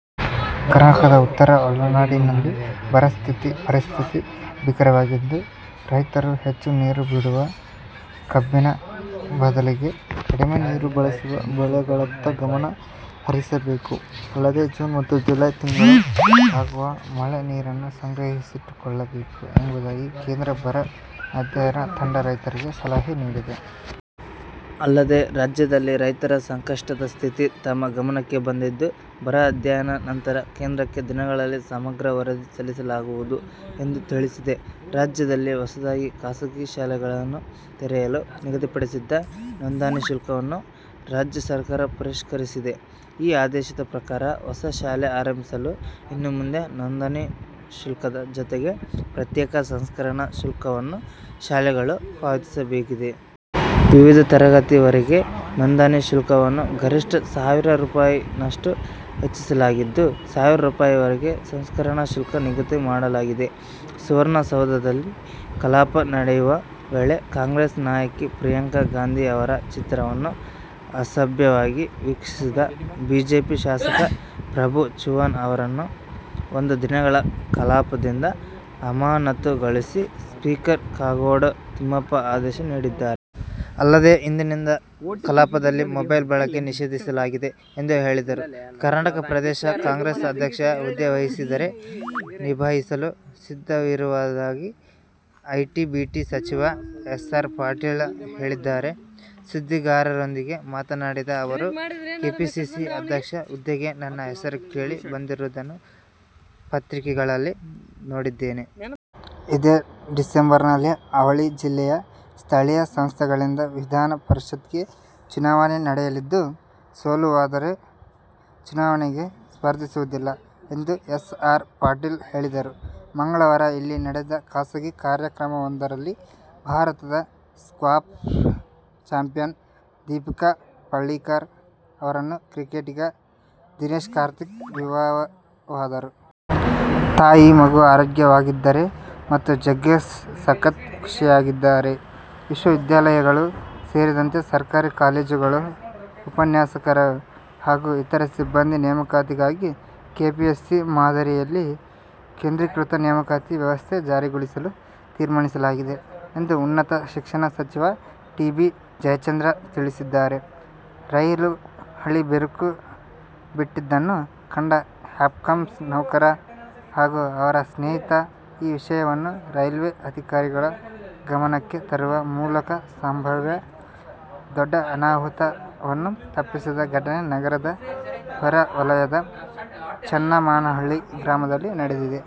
ಕರ್ನಾಟಕದ ಉತ್ತರ ಒಳನಾಡಿನಲ್ಲಿ ಬರ ಪರಿಸ್ಥಿತಿ ಭೀಕರವಾಗಿದ್ದು, ರೈತರು ಹೆಚ್ಚು ನೀರು ಬೇಡುವ ಕಬ್ಬಿನ ಬದಲಿಗೆ ಕಡಿಮೆ ನೀರು ಬಳಸುವ ಬೆಳೆಗಳತ್ತ ಗಮನ ಹರಿಸಬೇಕು. ಅಲ್ಲದೆ, ಜೂನ್ ಮತ್ತು ಜುಲೈ ತಿಂಗಳು ಆಗುವ ಮಳೆ ನೀರನ್ನು ಸಂಗ್ರಹಿಸಿಟ್ಟುಕೊಳ್ಳಬೇಕು ಎಂಬುದಾಗಿ ಕೇಂದ್ರ ಬರ ಅಧ್ಯಯನ ತಂಡ ರೈತರಿಗೆ ಸಲಹೆ ನೀಡಿದೆ. ಅಲ್ಲದೆ, ರಾಜ್ಯದಲ್ಲಿ ರೈತರ ಸಂಕಷ್ಟದ ಸ್ಥಿತಿ ತಮ್ಮ ಗಮನಕ್ಕೆ ಬಂದಿದ್ದು, ಬರ ಅಧ್ಯಯನ ನಂತರ ಕೇಂದ್ರಕ್ಕೆ ದಿನಗಳಲ್ಲಿ ಸಮಗ್ರ ವರದಿ ಸಲ್ಲಿಸಲಾಗುವುದು ಎಂದು ತಿಳಿಸಿದೆ. ರಾಜ್ಯದಲ್ಲಿ ಹೊಸದಾಗಿ ಖಾಸಗಿ ಶಾಲೆಗಳನ್ನು ತೆರೆಯಲು ನಿಗದಿಪಡಿಸಿದ್ದ ನೋಂದಣಿ ಶುಲ್ಕವನ್ನು ರಾಜ್ಯ ಸರ್ಕಾರ ಪರಿಷ್ಕರಿಸಿದೆ. ಈ ಆದೇಶದ ಪ್ರಕಾರ ಹೊಸ ಶಾಲೆ ಆರಂಭಿಸಲು ಇನ್ನು ಮುಂದೆ ನೋಂದಣಿ ಶುಲ್ಕದ ಜತೆಗೆ ಪ್ರತ್ಯೇಕ ಸಂಸ್ಕರಣ ಶುಲ್ಕವನ್ನೂ ಶಾಲೆಗಳು ಪಾವತಿಸಬೇಕಿದೆ. ವಿವಿಧ ತರಗತಿವರೆಗೆ ನೋಂದಣಿ ಶುಲ್ಕವನ್ನು ಗರಿಷ್ಠ ಸಾವಿರ ರೂ. ನಷ್ಟು ಹೆಚ್ಚಿಸಲಾಗಿದ್ದು, ಸಾವಿರ ರೂ. ವರೆಗೆ ಸಂಸ್ಕರಣ ಶುಲ್ಕ ನಿಗದಿಮಾಡಲಾಗಿದೆ. ಸುವರ್ಣಸೌಧದಲ್ಲಿ ಕಲಾಪ ನಡೆಯುವ ವೇಳೆ ಕಾಂಗ್ರೆಸ್ ನಾಯಕಿ ಪ್ರಿಯಾಂಕಾ ಗಾಂಧಿ ಅವರ ಚಿತ್ರವನ್ನು ಅಸಭ್ಯವಾಗಿ ವೀಕ್ಷಿಸಿದ ಬಿಜೆಪಿ ಶಾಸಕ ಪ್ರಭು ಚವಾಣ್ ಅವರನ್ನು ಒಂದು ದಿನಗಳ ಕಲಾಪದಿಂದ ಅಮಾನತುಗೊಳಿಸಿ ಸ್ಪೀಕರ್ ಕಾಗೋಡು ತಿಮ್ಮಪ್ಪ ಆದೇಶ ನೀಡಿದ್ದಾರೆ. ಅಲ್ಲದೇ ಇಂದಿನಿಂದ ಕಲಾಪದಲ್ಲಿ ಮೊಬೈಲ್ ಬಳಕೆ ನಿಷೇಧಿಸಲಾಗಿದೆ ಎಂದು ಹೇಳಿದರು. ಕರ್ನಾಟಕ ಪ್ರದೇಶ ಕಾಂಗ್ರೆಸ್ ಅಧ್ಯಕ್ಷ ಹುದ್ದೆ ವಹಿಸಿದರೆ ನಿಭಾಯಿಸಲು ಸಿದ್ಧವಿರುವುದಾಗಿ ಐಟಿ- ಬಿಟಿ ಸಚಿವ ಎಸ್. ಆರ್. ಪಾಟೀಲ ಹೇಳಿದ್ದಾರೆ. ಸುದ್ದಿಗಾರರೊಂದಿಗೆ ಮಾತನಾಡಿದ ಅವರು, ಕೆಪಿಸಿಸಿ ಅಧ್ಯಕ್ಷರ ಹುದ್ದೆಗೆ ನನ್ನ ಹೆಸರು ಕೇಳಿ ಬಂದಿರುವುದನ್ನು ಪತ್ರಿಕೆಗಳಲ್ಲಿ ನೋಡಿದ್ದೇನೆ. ಇದೇ ಡಿಸೆಂಬರ್ನಲ್ಲಿ ಅವಳಿ ಜಿಲ್ಲೆಯ ಸ್ಥಳೀಯ ಸಂಸ್ಥೆಗಳಿಂದ ವಿಧಾನ ಪರಿಷತ್ಗೆ ಚುನಾವಣೆ ನಡೆಯಲಿದ್ದು, ಸೋಲುವುದಾದರೆ ಚುನಾವಣೆಗೆ ಸ್ಪರ್ಧಿಸುವುದಿಲ್ಲ ಎಂದು ಎಸ್. ಆರ್. ಪಾಟೀಲ ಹೇಳಿದರು. ಮಂಗಳವಾರ ಇಲ್ಲಿ ನಡೆದ ಖಾಸಗಿ ಕಾರ್ಯಕ್ರಮವೊಂದರಲ್ಲಿ ಭಾರತದ ಸ್ಕ್ವಾಷ್ ಚಾಂಪಿಯನ್ ದೀಪಿಕಾ ಪಳ್ಳೀಕಲ್ ಅವರನ್ನು ಕ್ರಿಕೆಟಿಗ ದಿನೇಶ್ ಕಾರ್ತಿಕ್ ವಿವಾಹವಾದರು. ತಾಯಿ-ಮಗು ಆರೋಗ್ಯವಾಗಿದ್ದಾರೆ ಮತ್ತು ಜಗ್ಗೇಶ್ ಸಖತ್ ಖುಷಿಯಾಗಿದ್ದಾರೆ. ವಿಶ್ವವಿದ್ಯಾಲಯಗಳು ಸೇರಿದಂತೆ ಸರ್ಕಾರಿ ಕಾಲೇಜುಗಳ ಉಪನ್ಯಾಸಕರು ಹಾಗೂ ಇತರೆ ಸಿಬ್ಬಂದಿ ನೇಮಕಾತಿಗಾಗಿ ಕೆಪಿಎಸ್ಸಿ ಮಾದರಿಯಲ್ಲೇ ಕೇಂದ್ರೀಕೃತ ನೇಮಕಾತಿ ವ್ಯವಸ್ಥೆ ಜಾರಿಗೊಳಿಸಲು ತೀರ್ಮಾನಿಸಲಾಗಿದೆ ಎಂದು ಉನ್ನತ ಶಿಕ್ಷಣ ಸಚಿವ ಟಿ. ಬಿ. ಜಯಚಂದ್ರ ತಿಳಿಸಿದ್ದಾರೆ. ರೈಲು ಹಳಿ ಬಿರುಕು ಬಿಟ್ಟಿದ್ದನ್ನು ಕಂಡ ಹಾಪ್ಕಾಮ್ಸ್ ನೌಕರ ಹಾಗೂ ಅವರ ಸ್ನೇಹಿತ ಈ ವಿಷಯವನ್ನು ರೈಲ್ವೆ ಅಧಿಕಾರಿಗಳ ಗಮನಕ್ಕೆ ತರುವ ಮೂಲಕ ಸಂಭಾವ್ಯ ದೊಡ್ಡ ಅನಾಹುತವನ್ನು ತಪ್ಪಿಸಿದ ಘಟನೆ ನಗರದ ಹೊರವಲಯದ ಚನ್ನಮಾನಹಳ್ಳಿ ಗ್ರಾಮದಲ್ಲಿ ನಡೆದಿದೆ.